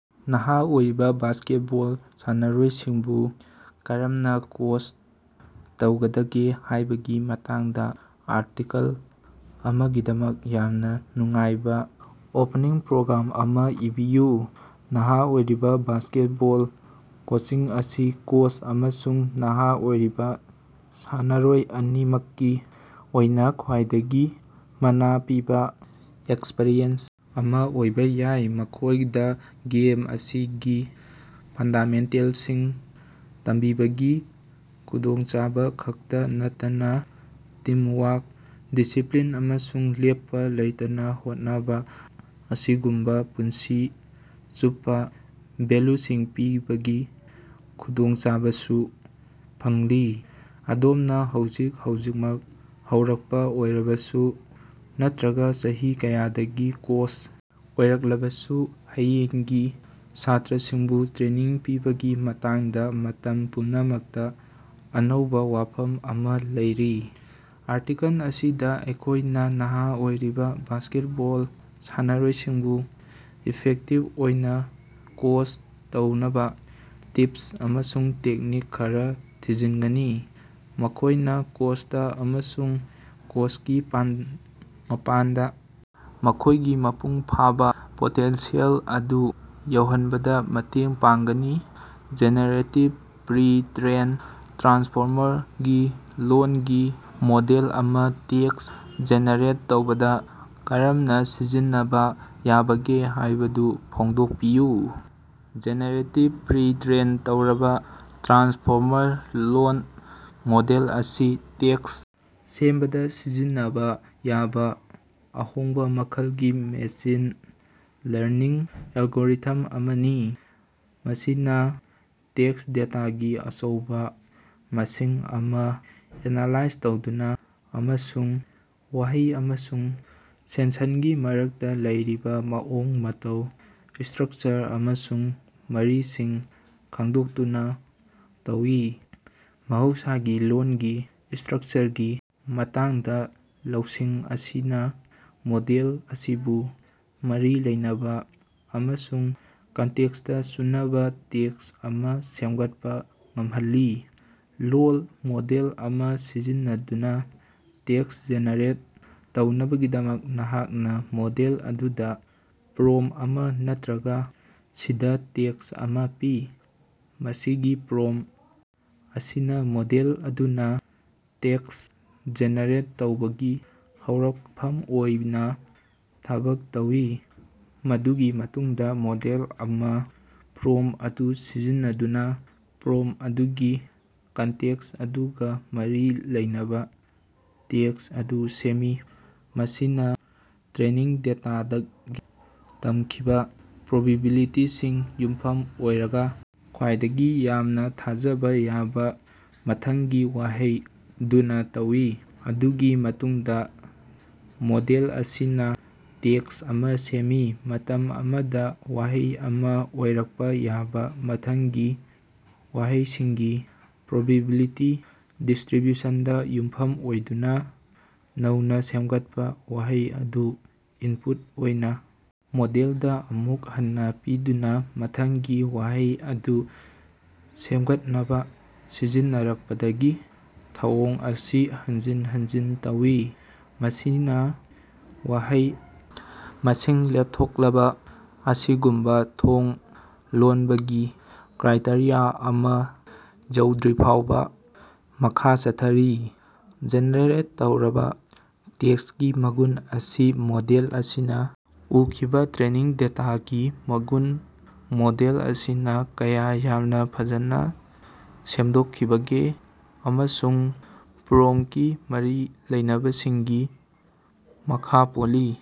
ꯅꯍꯥ ꯑꯣꯏꯔꯤꯕ ꯕꯥꯁ꯭ꯀꯦꯠꯕꯣꯜ ꯁꯥꯟꯅꯔꯣꯏꯁꯤꯡꯕꯨ ꯀꯔꯝꯅ ꯀꯣꯆ ꯇꯧꯒꯗꯒꯦ ꯍꯥꯏꯕꯒꯤ ꯃꯇꯥꯡꯗ ꯑꯥꯔꯇꯤꯀꯜ ꯑꯃꯒꯤꯗꯃꯛ ꯌꯥꯝꯅ ꯅꯨꯡꯉꯥꯏꯕ ꯑꯣꯄꯅꯤꯡ ꯄꯦꯔꯥꯒ꯭ꯔꯥꯝ ꯑꯃ ꯏꯕꯤꯌꯨ꯫ ꯅꯍ ꯑꯣꯏꯔꯤꯕ ꯕꯥꯁ꯭ꯀꯦꯠꯕꯣꯜ ꯀꯣꯆꯤꯡ ꯑꯁꯤ ꯀꯣꯆ ꯑꯃꯁꯨꯡ ꯅꯍꯥ ꯑꯣꯏꯔꯤꯕ ꯁꯥꯟꯅꯔꯣꯏ ꯑꯅꯤꯃꯛꯀꯤ ꯑꯣꯏꯅ ꯈ꯭ꯋꯥꯏꯗꯒꯤ ꯃꯅꯥ ꯄꯤꯕ ꯑꯦꯛꯁꯄꯔꯤꯌꯦꯟꯁ ꯑꯃ ꯑꯣꯏꯕ ꯌꯥꯏ꯫ ꯃꯈꯣꯏꯗ ꯒꯦꯝ ꯑꯁꯤꯒꯤ ꯐꯟꯗꯥꯃꯦꯟꯇꯦꯜꯁꯤꯡ ꯇꯝꯕꯤꯕꯒꯤ ꯈꯨꯗꯣꯡꯆꯥꯕ ꯈꯛꯇ ꯅꯠꯇꯅ ꯇꯤꯝꯋꯥꯔꯛ, ꯗꯤꯁꯤꯄ꯭ꯂꯤꯟ, ꯑꯃꯁꯨꯡ ꯂꯦꯞꯄ ꯂꯩꯇꯅ ꯍꯣꯠꯅꯕ ꯑꯁꯤꯒꯨꯝꯕ ꯄꯨꯟꯁꯤ ꯆꯨꯞꯄ ꯚꯦꯂ꯭ꯌꯨꯁꯤꯡ ꯄꯤꯕꯒꯤ ꯈꯨꯗꯣꯡꯆꯥꯕꯁꯨ ꯐꯪꯂꯤ꯫ ꯑꯗꯣꯝꯅ ꯍꯧꯖꯤꯛ ꯍꯧꯖꯤꯛꯃꯛ ꯍꯧꯔꯛꯄ ꯑꯣꯏꯔꯕꯁꯨ ꯅꯠꯇ꯭ꯔꯒ ꯆꯍꯤ ꯀꯌꯥꯗꯒꯤ ꯀꯣꯆ ꯑꯣꯏꯔꯛꯂꯕꯁꯨ, ꯍꯌꯦꯡꯒꯤ ꯁ꯭ꯇꯥꯔꯁꯤꯡꯕꯨ ꯇ꯭ꯔꯦꯅꯤꯡ ꯄꯤꯕꯒꯤ ꯃꯇꯥꯡꯗꯥ ꯃꯇꯝ ꯄꯨꯝꯅꯃꯛꯇ ꯑꯅꯧꯕ ꯋꯥꯐꯝ ꯑꯃ ꯂꯩꯔꯤ꯫ ꯑꯥꯔꯇꯤꯀꯜ ꯑꯁꯤꯗꯥ ꯑꯩꯈꯣꯏꯅ ꯅꯍ ꯑꯣꯏꯔꯤꯕ ꯕꯥꯁ꯭ꯀꯦꯠꯕꯣꯜ ꯁꯥꯟꯅꯔꯣꯏꯁꯤꯡꯕꯨ ꯏꯐꯦꯛꯇꯤꯕ ꯑꯣꯏꯅ ꯀꯣꯆ ꯇꯧꯅꯕ ꯇꯤꯞꯁ ꯑꯃꯁꯨꯡ ꯇꯦꯛꯅꯤꯛ ꯈꯔ ꯊꯤꯖꯤꯟꯒꯅꯤ, ꯃꯈꯣꯏꯅ ꯀꯣꯔꯠꯇꯥ ꯑꯃꯁꯨꯡ ꯀꯣꯔꯇꯀꯤ ꯃꯄꯥꯟꯗ ꯃꯈꯣꯏꯒꯤ ꯃꯄꯨꯡ ꯐꯥꯕ ꯄꯣꯇꯦꯟꯁꯤꯌꯦꯜ ꯑꯗꯨ ꯌꯧꯍꯟꯕꯗ ꯃꯇꯦꯡ ꯄꯥꯡꯒꯅꯤ꯫ ꯖꯦꯅꯦꯔꯦꯇꯤꯕ ꯄ꯭ꯔꯤ ꯇ꯭ꯔꯦꯟ ꯇ꯭ꯔꯥꯟꯁꯐꯣꯔꯃꯔ ꯒꯤ ꯂꯣꯜꯒꯤ ꯃꯣꯗꯦꯜ ꯑꯃ ꯇꯦꯛꯁ ꯖꯦꯅꯦꯔꯦꯠ ꯇꯧꯕꯗ ꯀꯔꯝꯅ ꯁꯤꯖꯤꯟꯅꯕ ꯌꯥꯕꯒꯦ ꯍꯥꯏꯕꯗꯨ ꯐꯣꯡꯗꯣꯛꯄꯤꯌꯨ꯫ ꯖꯦꯅꯦꯔꯦꯇꯤꯕ ꯄ꯭ꯔꯤ ꯇ꯭ꯔꯦꯟ ꯇꯧꯔꯕ ꯇ꯭ꯔꯥꯟꯁꯐꯣꯔꯃꯔ ꯂꯣꯜ ꯃꯣꯗꯦꯜ ꯑꯁꯤ ꯇꯦꯛꯁ ꯁꯦꯝꯕꯗ ꯁꯤꯖꯤꯟꯅꯕ ꯌꯥꯕ ꯑꯍꯣꯡꯕ ꯃꯈꯜꯒꯤ ꯃꯦꯁꯤꯟ ꯂꯔꯅꯤꯡ ꯑꯦꯜꯒꯣꯔꯤꯊꯝ ꯑꯃꯅꯤ꯫ ꯃꯁꯤꯅ ꯇꯦꯛꯁ ꯗꯦꯇꯥꯒꯤ ꯑꯆꯧꯕ ꯃꯁꯤꯡ ꯑꯃ ꯑꯦꯅꯥꯂꯥꯏꯖ ꯇꯧꯗꯨꯅ ꯑꯃꯁꯨꯡ ꯋꯥꯍꯩ ꯑꯃꯁꯨꯡ ꯁꯦꯟꯁꯟꯒꯤ ꯃꯔꯛꯇ ꯂꯩꯔꯤꯕ ꯃꯑꯣꯡ ꯃꯇꯧ, ꯁꯇ꯭ꯔꯛꯆꯔ ꯑꯃꯁꯨꯡ ꯃꯔꯤꯁꯤꯡ ꯈꯪꯗꯣꯛꯇꯨꯅ ꯇꯧꯏ꯫ ꯃꯍꯧꯁꯥꯒꯤ ꯂꯣꯜꯒꯤ ꯁꯇ꯭ꯔꯛꯆꯔꯒꯤ ꯃꯇꯥꯡꯗ ꯂꯧꯁꯤꯡ ꯑꯁꯤꯅ ꯃꯣꯗꯦꯜ ꯑꯁꯤꯕꯨ ꯃꯔꯤ ꯂꯩꯅꯕ ꯑꯃꯁꯨꯡ ꯀꯟꯇꯦꯛꯁꯇ ꯆꯨꯅꯕ ꯇꯦꯛꯁ ꯑꯃ ꯁꯦꯝꯒꯠꯄꯥ ꯉꯝꯍꯜꯂꯤ꯫ ꯂꯣꯜ ꯃꯣꯗꯦꯜ ꯑꯃ ꯁꯤꯖꯤꯟꯅꯗꯨꯅ ꯇꯦꯛꯁ ꯖꯦꯅꯦꯔꯦꯠ ꯇꯧꯅꯕꯒꯤꯗꯃꯛ, ꯅꯍꯥꯛꯅ ꯃꯣꯗꯦꯜ ꯑꯗꯨꯗ ꯄ꯭ꯔꯣꯝꯇ ꯑꯃ ꯅꯠꯇꯔꯒ ꯁꯤꯗ ꯇꯦꯛꯁ ꯑꯃ ꯄꯤ꯫ ꯃꯁꯤꯒꯤ ꯄ꯭ꯔꯣꯝꯇ ꯑꯁꯤꯅ ꯃꯣꯗꯦꯜ ꯑꯗꯨꯅ ꯇꯦꯛꯁꯠ ꯖꯦꯅꯦꯔꯦꯠ ꯇꯧꯅꯕꯒꯤ ꯍꯧꯔꯛꯐꯝ ꯑꯣꯏꯅ ꯊꯕꯛ ꯇꯧꯏ꯫ ꯃꯗꯨꯒꯤ ꯃꯇꯨꯡꯗ ꯃꯣꯗꯦꯜ ꯑꯗꯨꯅ ꯄ꯭ꯔꯣꯝꯇ ꯑꯗꯨ ꯁꯤꯖꯤꯟꯅꯗꯨꯅ ꯄ꯭ꯔꯣꯝꯇ ꯑꯗꯨꯒꯤ ꯀꯟꯇꯦꯛꯁ ꯑꯗꯨꯒ ꯃꯔꯤ ꯂꯩꯅꯕ ꯇꯦꯛꯁꯠ ꯑꯗꯨ ꯁꯦꯝꯃꯤ꯫ ꯃꯁꯤꯅ ꯇ꯭ꯔꯦꯅꯤꯡ ꯗꯦꯇꯥꯗꯒꯤ ꯇꯝꯈꯤꯕ ꯄ꯭ꯔꯣꯕꯤꯕꯤꯂꯤꯇꯤꯁꯤꯡꯗ ꯌꯨꯝꯐꯝ ꯑꯣꯏꯔꯒ ꯈ꯭ꯋꯥꯏꯗꯒꯤ ꯌꯥꯝꯅ ꯊꯥꯖꯕ ꯌꯥꯕ ꯃꯊꯪꯒꯤ ꯋꯥꯍꯩ ꯈꯟꯗꯨꯅ ꯇꯧꯏ꯫ ꯑꯗꯨꯒꯤ ꯃꯇꯨꯡꯗ ꯃꯣꯗꯦꯜ ꯑꯁꯤꯅ ꯇꯦꯛꯁ ꯑꯃ ꯁꯦꯝꯃꯤ, ꯃꯇꯝ ꯑꯃꯗ ꯋꯥꯍꯩ ꯑꯃ ꯑꯣꯏꯊꯣꯛꯄ ꯌꯥꯕ ꯃꯊꯪꯒꯤ ꯋꯥꯍꯩꯁꯤꯡꯒꯤ ꯄ꯭ꯔꯣꯕꯤꯕꯤꯂꯤꯇꯤ ꯗꯤꯁꯇ꯭ꯔꯤꯕ꯭ꯌꯨꯁꯟꯗ ꯌꯨꯝꯐꯝ ꯑꯣꯏꯗꯨꯅ꯫ ꯅꯧꯅ ꯁꯦꯝꯒꯠꯄ ꯋꯥꯍꯩ ꯑꯗꯨ ꯏꯟꯄꯨꯠ ꯑꯣꯏꯅ ꯃꯣꯗꯦꯜꯗ ꯑꯃꯨꯛ ꯍꯟꯅ ꯄꯤꯗꯨꯅ ꯃꯊꯪꯒꯤ ꯋꯥꯍꯩ ꯑꯗꯨ ꯁꯦꯝꯒꯠꯅꯕ ꯁꯤꯖꯤꯟꯅꯔꯛꯄꯗꯒꯤ ꯊꯧꯑꯣꯡ ꯑꯁꯤ ꯍꯟꯖꯤꯟ ꯍꯟꯖꯤꯟ ꯇꯧꯏ, ꯃꯁꯤꯅ ꯋꯥꯍꯩ ꯃꯁꯤꯡ ꯂꯦꯞꯊꯣꯛꯂꯕ ꯑꯁꯤꯒꯨꯝꯕ ꯊꯣꯡ ꯂꯣꯟꯕꯒꯤ ꯀ꯭ꯔꯥꯏꯇꯦꯔꯤꯌꯥ ꯑꯃ ꯌꯧꯗ꯭ꯔꯤꯐꯥꯎꯕꯥ ꯃꯈꯥ ꯆꯠꯊꯔꯤ꯫ ꯖꯦꯅꯦꯔꯦꯠ ꯇꯧꯔꯕ ꯇꯦꯛꯁꯀꯤ ꯃꯒꯨꯟ ꯑꯁꯤ ꯃꯣꯗꯦꯜ ꯑꯁꯤꯅ ꯎꯈꯤꯕ ꯇ꯭ꯔꯦꯅꯤꯡ ꯗꯦꯇꯥꯒꯤ ꯃꯒꯨꯟ, ꯃꯣꯗꯦꯜ ꯑꯁꯤ ꯀꯌꯥ ꯌꯥꯝꯅ ꯐꯖꯅ ꯁꯦꯝꯗꯣꯛꯈꯤꯕꯒꯦ ꯑꯃꯁꯨꯡ ꯄ꯭ꯔꯣꯝꯇꯀꯤ ꯃꯔꯤ ꯂꯩꯅꯕꯁꯤꯡꯒꯤ ꯃꯈꯥ ꯄꯣꯜꯂꯤ꯫